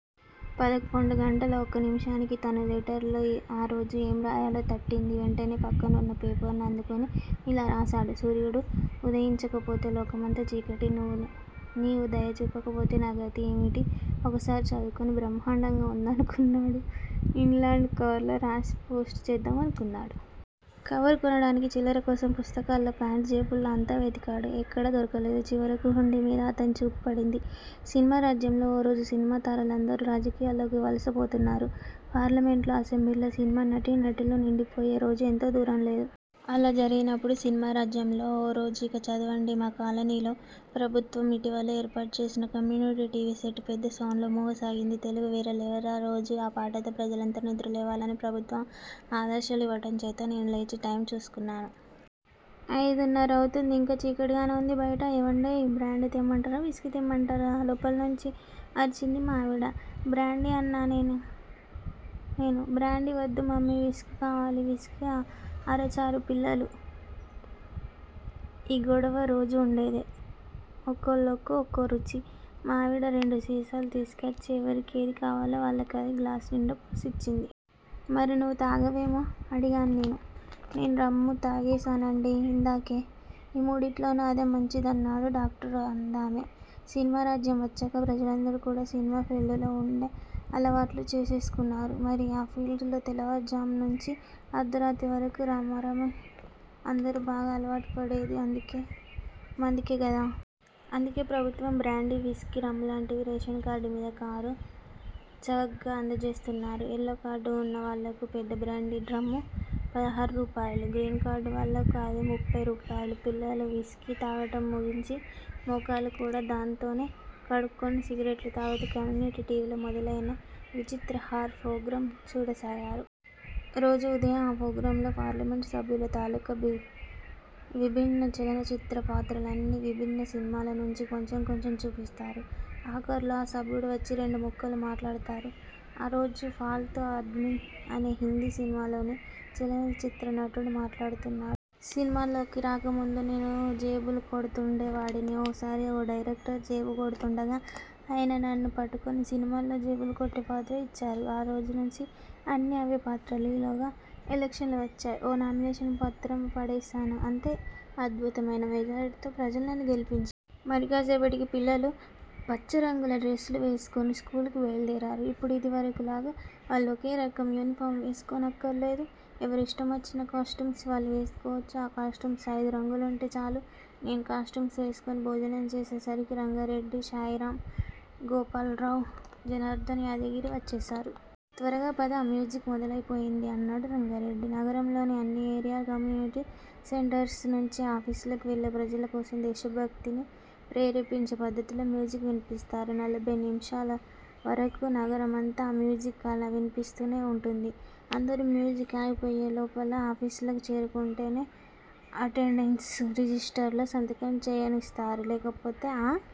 పదకొండు గంటలా ఒక్క నిమిషానికి తను లెటర్ లో ఆరోజు ఏం రాయాలో తట్టింది. వెంటనే పక్కనున్న పేపర్ ను అందుకుని ఇలా రాశాడు. సూర్యుడు వుదయించకపోతే లోకమంతా చీకటి. నీవు దయ చూపకపోతే నాగతి ఏమిటి ఒకసారి చదువుకుని బ్రహ్మాండంగా ఉందనుకున్నాడు. ఇన్ లాండ్ కవర్ లో రాసి పోస్టు చేద్దామనుకున్నాడు. కవర్ కొనడానికి చిల్లర కోసం పుస్తకాల్లో ఫ్యాంట్ జేబుల్లో అంతా వెదికాడు. ఎక్కడా దొరకలేదు. చివరకు హుండీ మీద అతని చూపు పడింది. సినిమా రాజ్యంలో ఓ రోజు సినిమా తారలందరూ రాజకీయాల్లోకి వలస పోతున్నారు. పార్లమెంటులో అసెంబ్లీల్లో సినిమా నటీనటులు నిండిపోయే రోజు ఎంతో దూరంలేదు. అలా జరిగినప్పుడు సినిమా రాజ్యంలో, ఓ రోజు ఇక చదవండి. మా కాలనీలో ప్రభుత్వం ఇటీవలే ఏర్పాటు చేసిన కమ్యూనిటీ టీవీ సెట్ పెద్ద సౌండ్ లో మోగసాగింది. తెలుగు వీర లేవరా రోజూ ఆ పాటతో ప్రజలంతా నిద్రలేవాలని ప్రభుత్వం ఆదేశాలివ్వటం చేత నేను లేచి టైమ్ చూసుకున్నాను. అయిదున్నరవుతోంది. ఇంకా చీకటిగానే ఉంది బయట. ఏవండోయ్ బ్రాందీ తెమ్మంటారా, విస్కీ తెమ్మంటారా? లోపల్నుంచి అరచింది మా ఆవిడ. బ్రాందీ! అన్నాన్నేను. బ్రాందీ వద్దు మమ్మీ! విస్కీ కావాలి! విస్కీ- అరచారు పిల్లలు. ఈ గొడవ రోజూ ఉండేదే! ఒకోళ్ళకూ ఒకోరుచి. మా ఆవిడ రెండు సీసాలు తీసుకొచ్చి ఎవరికేది కావాలో వాళ్ళకది గ్లాసునిండా పోసి ఇచ్చింది. మరి నువ్వు తాగవేం? అడిగాను నేను. నేను రమ్ము తాగేశానండీ ఇందాకే! ఈ మూడింట్లోనూ అదే మంచిదన్నాడు డాక్టరు అందామె. సినిమా రాజ్యం వచ్చాక ప్రజలందరూ కూడా సినిమా ఫీల్డులో ఉండే అలవాట్లు చేసేసుకున్నారు. మరి ఆ ఫీల్డులో తెల్లవారుజాము నుంచీ అర్థరాత్రి వరకూ రమారమి అందరూ బాగా అలవాటుపడేది మందుకే గదా! అందుకే ప్రభుత్వం బ్రాందీ, విస్కీ, రమ్ములాంటివి రేషన్ కార్డుమీద కారు చవగ్గా అందజేస్తున్నారు. ఎల్లో కార్డు ఉన్న వాళ్ళకు పెద్ద బ్రాందీ డ్రమ్ పదహార్రూపాయలు! గ్రీన్ కార్డు వాళ్ళకు అదే ముప్పయ్ రూపాయలు. పిల్లలు విస్కీ తాగటం ముగించి మొఖాలు కూడా దాన్తోనే కడుక్కొని సిగరెట్లు తాగుతూ కమ్యూనిటీ టీవీలో మొదలయిన విచిత్రహార్ ప్రోగ్రాం చూడసాగారు. రోజూ ఉదయం ఆ ప్రోగ్రామ్ లో పార్లమెంట్ సభ్యుల తాలూకు విభిన్న చలనచిత్ర పాత్రల్ని- విభిన్న సినిమాల నుంచి కొంచెం కొంచెం చూపిస్తారు. ఆఖర్లో ఆ సభ్యుడు వచ్చి రెండు ముక్కలు మాట్లాడతారు. ఆ రోజు ఫాల్తూ ఆద్మీ అనే హిందీ సినిమాలోని చలనచిత్ర నటుడు మాట్లాడుతున్నాడు. సినిమాల్లోకి రాకముందు నేను జేబులు కొడుతూండే వాడిని! ఓసారి ఓ డైరెక్టర్ జేబు కొడుతూండగా ఆయన నన్ను పట్టుకుని సినిమాల్లో జేబులుకొట్టే పాత్ర ఇచ్చారు. ఆ రోజు నుంచీ అన్నీ అవే పాత్రలు. ఈలోగా ఎలక్షన్లు వచ్చాయ్. ఓ నామినేషన్ పత్రం పడేశాను. అంతే అద్భుతమయిన మెజారిటీతో ప్రజలు నన్ను గెలిపించారు! మరి కాసేపటికి పిల్లలు పంచరంగుల డ్రస్ లు వేసుకుని స్కూల్ కి బయల్దేరారు. ఇప్పుడు ఇదివరకులాగా వాళ్ళు ఒకే రకం యూనిఫారం వేసుకోనక్కర్లేదు. ఎవరిష్టమొచ్చినా కాస్టూమ్స్ వాళ్ళు వేసుకోవచ్చు. ఆ కాస్టూమ్స్ అయిదు రంగులుంటే చాలు. నేనూ కాస్టూమ్స్ వేసుకుని భోజనం చేసేసరికి రంగారెడ్డి శాయిరామ్, గోపాల్రావ్, జనార్ధన్, యాదగిరి వచ్చేశారు. త్వరగా పద మ్యూజిక్ మొదలయిపోయింది అన్నాడు రంగారెడ్డి. నగరంలోని అన్ని ఏరియా కమ్యూనిటీ సెంటర్స్ నుంచీ ఆఫీసులకు వెళ్ళే ప్రజల కోసం దేశభక్తిని ప్రేరేపించే పద్ధతిలో మ్యూజిక్ వినిపిస్తారు. నలభై నిముషాల వరకు నగరమంతా ఆ మ్యూజిక్ అలా వినిపిస్తూనే ఉంటుంది. అందరూ మ్యూజిక్ ఆగిపోయే లోపల ఆఫీసులకు చేరుకుంటేనే అటెండెన్స్ రిజిష్టర్ లో సంతకం చేయనిస్తారు. లేకపోతే ఆ